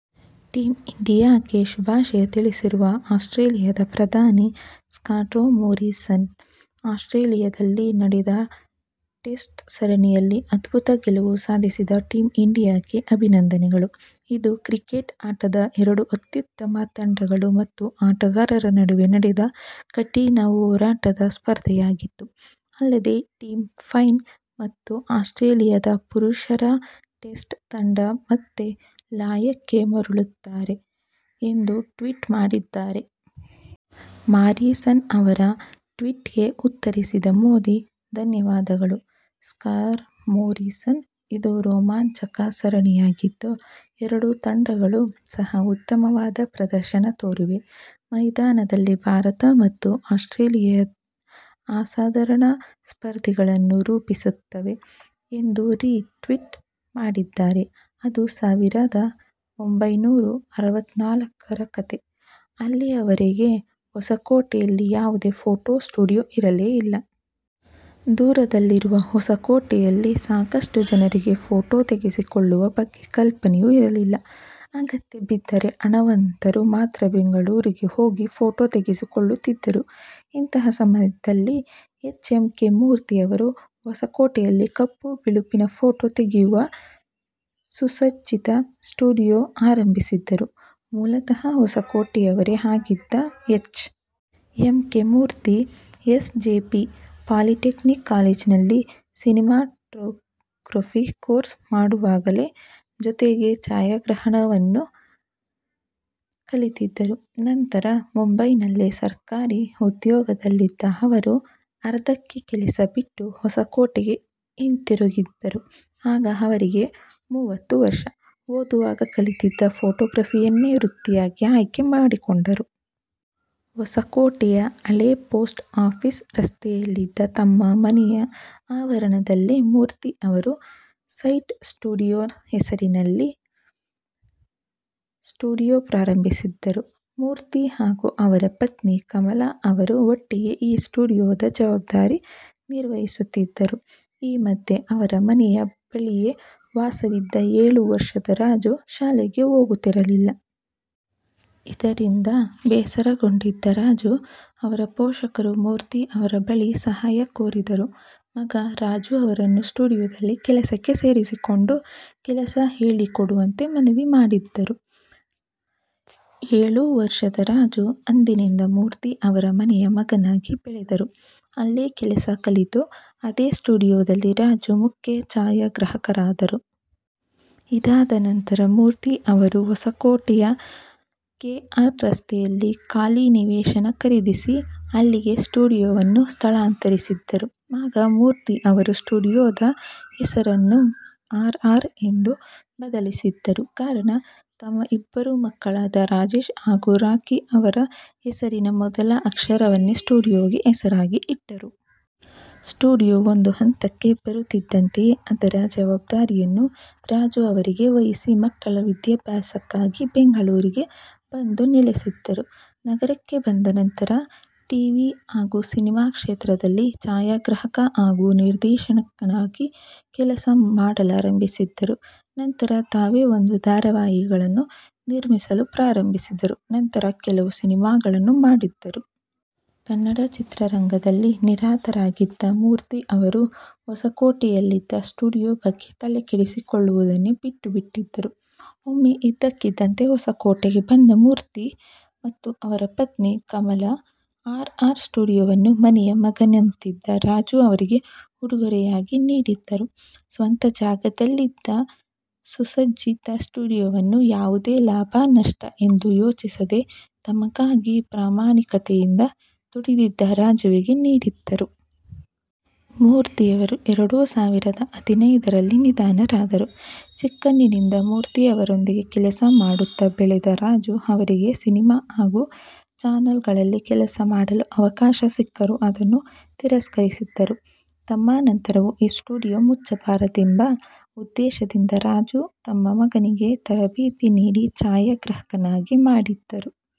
Team ಇಂಡಿಯಾಕ್ಕೆ ಶುಭಾಶಯ ತಿಳಿಸಿರುವ ಆಸ್ಟ್ರೇಲಿಯಾದ ಪ್ರಧಾನಿ ಸ್ಕಾಟ್ಮೊರಿಸನ್, ಆಸ್ಟ್ರೇಲಿಯಾದಲ್ಲಿ ನಡೆದ ಟೆಸ್ಟ್ ಸರಣಿಯಲ್ಲಿ ಅದ್ಭುತ ಗೆಲುವು ಸಾಧಿಸಿದ ಟೀಂ ಇಂಡಿಯಾಕ್ಕೆ ಅಭಿನಂದನೆಗಳು. ಇದು ಕ್ರಿಕೆಟ್ ಆಟದ ಎರಡು ಅತ್ಯುತ್ತಮ ತಂಡಗಳು ಮತ್ತು ಆಟಗಾರರ ನಡುವೆ ನಡೆದ ಕಠಿಣ ಹೋರಾಟದ ಸ್ಪರ್ಧೆಯಾಗಿತ್ತು. ಅಲ್ಲದೆ ಟಿಮ್ ಪೈನ್ ಮತ್ತು ಆಸ್ಟ್ರೇಲಿಯಾದ ಪುರುಷರ ಟೆಸ್ಟ್ ತಂಡ ಮತ್ತೆ ಲಯಕ್ಕೆ ಮರಳುತ್ತಾರೆ ಎಂದು ಟ್ವೀಟ್ ಮಾಡಿದ್ದಾರೆ. ಮಾರಿಸನ್ ಅವರ ಟ್ವೀಟ್ಗೆ ಉತ್ತರಿಸಿದ ಮೋದಿ, ಧನ್ಯವಾದಗಳು ಸ್ಕಾಟ್ಮೊರಿಸನ್, ಇದು ರೋಮಾಂಚಕ ಸರಣಿಯಾಗಿದ್ದು, ಎರಡೂ ತಂಡಗಳು ಸಹ ಉತ್ತಮವಾದ ಪ್ರದರ್ಶನ ತೋರಿವೆ. ಮೈದಾನದಲ್ಲಿ ಭಾರತ ಮತ್ತು ಆಸ್ಟ್ರೇಲಿಯಾ ಅಸಾಧಾರಣ ಸ್ಪರ್ಧಿಗಳನ್ನು ರೂಪಿಸುತ್ತವೆ ಎಂದು ರೀ ಟ್ವೀಟ್ ಮಾಡಿದ್ದಾರೆ. ಅದು ಸಾವಿರದ ಒಂಭೈನೂರ ಅರವತ್ನಾಲ್ಕರ ಕತೆ. ಅಲ್ಲಿಯವರೆಗೆ ಹೊಸಕೋಟೆಯಲ್ಲಿ ಯಾವುದೇ ಫೋಟೊ ಸ್ಟುಡಿಯೊ ಇರಲೇ ಇಲ್ಲ. ದೂರದಲ್ಲಿರುವ ಹೊಸಕೋಟೆಯಲ್ಲಿ ಸಾಕಷ್ಟು ಜನರಿಗೆ ಫೋಟೊ ತೆಗೆಸಿಕೊಳ್ಳುವ ಬಗ್ಗೆ ಕಲ್ಪನೆಯೂ ಇರಲಿಲ್ಲ. ಅಗತ್ಯ ಬಿದ್ದರೆ ಹಣವಂತರು ಮಾತ್ರ ಬೆಂಗಳೂರಿಗೆ ಹೋಗಿ ಫೋಟೊ ತೆಗೆಸಿಕೊಳ್ಳುತ್ತಿದ್ದರು. ಇಂತಹ ಸಮಯದಲ್ಲಿ ಎಚ್. ಎಂ. ಕೆ. ಮೂರ್ತಿ ಅವರು ಹೊಸಕೋಟೆಯಲ್ಲಿ ಕಪ್ಪು ಬಿಳುಪಿನ ಫೋಟೊ ತೆಗೆಯುವ ಸುಸಜ್ಜಿತ ಸ್ಟುಡಿಯೊ ಆರಂಭಿಸಿದರು. ಮೂಲತಃ ಹೊಸಕೋಟೆಯವರೇ ಆಗಿದ್ದ H. M. K. Murthy S. J. P polytechnic ಕಾಲೇಜಿನಲ್ಲಿ ಸಿನಿಮಾಟೋಗ್ರಫಿ ಕೋರ್ಸ್ ಮಾಡುವಾಗಲೇ ಜೊತೆಗೆ ಛಾಯಾಗ್ರಹಣವನ್ನು ಕಲಿತಿದ್ದರು. ನಂತರ ಮುಂಬೈನಲ್ಲಿ ಸರ್ಕಾರಿ ಉದ್ಯೋಗದಲ್ಲಿದ್ದ ಅವರು, ಅರ್ಧಕ್ಕೆ ಕೆಲಸ ಬಿಟ್ಟು ಹೊಸಕೋಟೆಗೆ ಹಿಂತಿರುಗಿದರು. ಆಗ ಅವರಿಗೆ ಮೂವತ್ತು ವರ್ಷ. ಓದುವಾಗ ಕಲಿತಿದ್ದ ಫೋಟೊಗ್ರಫಿಯನ್ನೇ ವೃತ್ತಿಯಾಗಿ ಆಯ್ಕೆ ಮಾಡಿಕೊಂಡರು. ಹೊಸಕೋಟೆಯ ಹಳೇ ಪೋಸ್ಟ್ ಆಫೀಸ್ ರಸ್ತೆಯಲ್ಲಿದ್ದ ತಮ್ಮ ಮನೆಯ ಆವರಣದಲ್ಲೇ ಮೂರ್ತಿ ಅವರು 'ಸೈಟ್ ಸ್ಟುಡಿಯೊ' ಹೆಸರಿನಲ್ಲಿ ಸ್ಟುಡಿಯೊ ಪ್ರಾರಂಭಿಸಿದರು. ಮೂರ್ತಿ ಹಾಗೂ ಅವರ ಪತ್ನಿ ಕಮಲಾ ಅವರು ಒಟ್ಟಿಗೆ ಈ ಸ್ಟುಡಿಯೊದ ಜವಾಬ್ದಾರಿ ನಿರ್ವಹಿಸುತ್ತಿದ್ದರು. ಈ ಮಧ್ಯೆ ಅವರ ಮನೆಯ ಬಳಿಯೇ ವಾಸವಿದ್ದ ಏಳು ವರ್ಷದ ರಾಜು ಶಾಲೆಗೆ ಹೋಗುತ್ತಿರಲಿಲ್ಲ. ಇದರಿಂದ ಬೇಸರಗೊಂಡಿದ್ದ ರಾಜು ಅವರ ಪೋಷಕರು ಮೂರ್ತಿ ಅವರ ಬಳಿ ಸಹಾಯ ಕೋರಿದ್ದರು. ಮಗ ರಾಜು ಅವರನ್ನು ಸ್ಟುಡಿಯೊದಲ್ಲಿ ಕೆಲಸಕ್ಕೆ ಸೇರಿಸಿಕೊಂಡು ಕೆಲಸ ಹೇಳಿಕೊಡುವಂತೆ ಮನವಿ ಮಾಡಿದ್ದರು. ಏಳು ವರ್ಷದ ರಾಜು ಅಂದಿನಿಂದ ಮೂರ್ತಿ ಅವರ ಮನೆಯ ಮಗನಾಗಿ ಬೆಳೆದರು. ಅಲ್ಲೇ ಕೆಲಸ ಕಲಿತು, ಅದೇ ಸ್ಟುಡಿಯೊದಲ್ಲಿ ರಾಜು ಮುಖ್ಯ ಛಾಯಾಗ್ರಾಹಕರಾದರು. ಇದಾದ ನಂತರ ಮೂರ್ತಿ ಅವರು ಹೊಸಕೋಟೆಯ ಕೆ. ಆರ್. ರಸ್ತೆಯಲ್ಲಿ ಖಾಲಿ ನಿವೇಶನ ಖರೀದಿಸಿ, ಅಲ್ಲಿಗೆ ಸ್ಟುಡಿಯೊವನ್ನು ಸ್ಥಳಾಂತರಿಸಿದರು. ಆಗ ಮೂರ್ತಿ ಅವರು ಸ್ಟುಡಿಯೊದ ಹೆಸರನ್ನು ಆರ್. ಆರ್. ಎಂದು ಬದಲಿಸಿದರು. ಕಾರಣ ತಮ್ಮ ಇಬ್ಬರು ಮಕ್ಕಳಾದ ರಾಜೇಶ್ ಹಾಗೂ ರಾಖಿ ಅವರ ಹೆಸರಿನ ಮೊದಲ ಅಕ್ಷರವನ್ನೇ ಸ್ಟುಡಿಯೊಗೆ ಹೆಸರಾಗಿ ಇಟ್ಟರು. ಸ್ಟುಡಿಯೊ ಒಂದು ಹಂತಕ್ಕೆ ಬರುತ್ತಿದ್ದಂತೆಯೇ ಅದರ ಜವಾಬ್ದಾರಿಯನ್ನು ರಾಜು ಅವರಿಗೆ ವಹಿಸಿ ಮಕ್ಕಳ ವಿದ್ಯಾಭ್ಯಾಸಕ್ಕಾಗಿ ಬೆಂಗಳೂರಿಗೆ ಬಂದು ನೆಲೆಸಿದರು. ನಗರಕ್ಕೆ ಬಂದ ನಂತರ ಟೀವಿ ಹಾಗೂ ಸಿನಿಮಾ ಕ್ಷೇತ್ರದಲ್ಲಿ ಛಾಯಾಗ್ರಾಹಕ ಹಾಗೂ ನಿರ್ದೇಶಕನಾಗಿ ಕೆಲಸ ಮಾಡಲಾರಂಭಿಸಿದರು. ನಂತರ ತಾವೇ ಒಂದು ಧಾರಾವಾಹಿಗಳನ್ನೂ ನಿರ್ಮಿಸಲು ಪ್ರಾರಂಭಿಸಿದರು. ನಂತರ ಕೆಲವು ಸಿನಿಮಾಗಳನ್ನೂ ಮಾಡಿದರು. ಕನ್ನಡ ಚಿತ್ರರಂಗದಲ್ಲಿ ನಿರತರಾಗಿದ್ದ ಮೂರ್ತಿ ಅವರು ಹೊಸಕೋಟೆಯಲ್ಲಿದ್ದ ಸ್ಟುಡಿಯೊ ಬಗ್ಗೆ ತಲೆಕೆಡಿಸಿಕೊಳ್ಳುವುದನ್ನೇ ಬಿಟ್ಟುಬಿಟ್ಟಿದ್ದರು. ಒಮ್ಮೆ ಇದ್ದಕ್ಕಿದ್ದಂತೆ ಹೊಸಕೋಟೆಗೆ ಬಂದ ಮೂರ್ತಿ ಮತ್ತು ಅವರ ಪತ್ನಿ ಕಮಲಾ ಆರ್. ಆರ್. ಸ್ಟುಡಿಯೊವನ್ನು ಮನೆಯ ಮಗನಂತಿದ್ದ ರಾಜು ಅವರಿಗೆ ಉಡುಗೊರೆಯಾಗಿ ನೀಡಿದರು. ಸ್ವಂತ ಜಾಗದಲ್ಲಿದ್ದ ಸುಸಜ್ಜಿತ ಸ್ಟುಡಿಯೊವನ್ನು ಯಾವುದೇ ಲಾಭ–ನಷ್ಟ ಎಂದು ಯೋಚಿಸದೆ ತಮಗಾಗಿ ಪ್ರಾಮಾಣಿಕತೆಯಿಂದ ದುಡಿದಿದ್ದ ರಾಜುವಿಗೆ ನೀಡಿದ್ದರು. ಮೂರ್ತಿಯವರು ಎರಡು ಸಾವಿರದ ಹದಿನೈದರಲ್ಲಿ ನಿಧನರಾದರು. ಚಿಕ್ಕಂದಿನಿಂದ ಮೂರ್ತಿ ಅವರೊಂದಿಗೆ ಕೆಲಸ ಮಾಡುತ್ತ ಬೆಳೆದ ರಾಜು ಅವರಿಗೆ ಸಿನಿಮಾ ಹಾಗೂ ಚಾನಲ್ಗಳಲ್ಲಿ ಕೆಲಸ ಮಾಡಲು ಅವಕಾಶ ಸಿಕ್ಕರೂ ಅದನ್ನು ತಿರಸ್ಕರಿಸಿದ್ದರು. ತಮ್ಮ ನಂತರವೂ ಈ ಸ್ಟುಡಿಯೊ ಮುಚ್ಚಬಾರದೆಂಬ ಉದ್ದೇಶದಿಂದ ರಾಜು, ತಮ್ಮ ಮಗನಿಗೆ ತರಬೇತಿ ನೀಡಿ ಛಾಯಾಗ್ರಾಹಕನನ್ನಾಗಿ ಮಾಡಿದರು.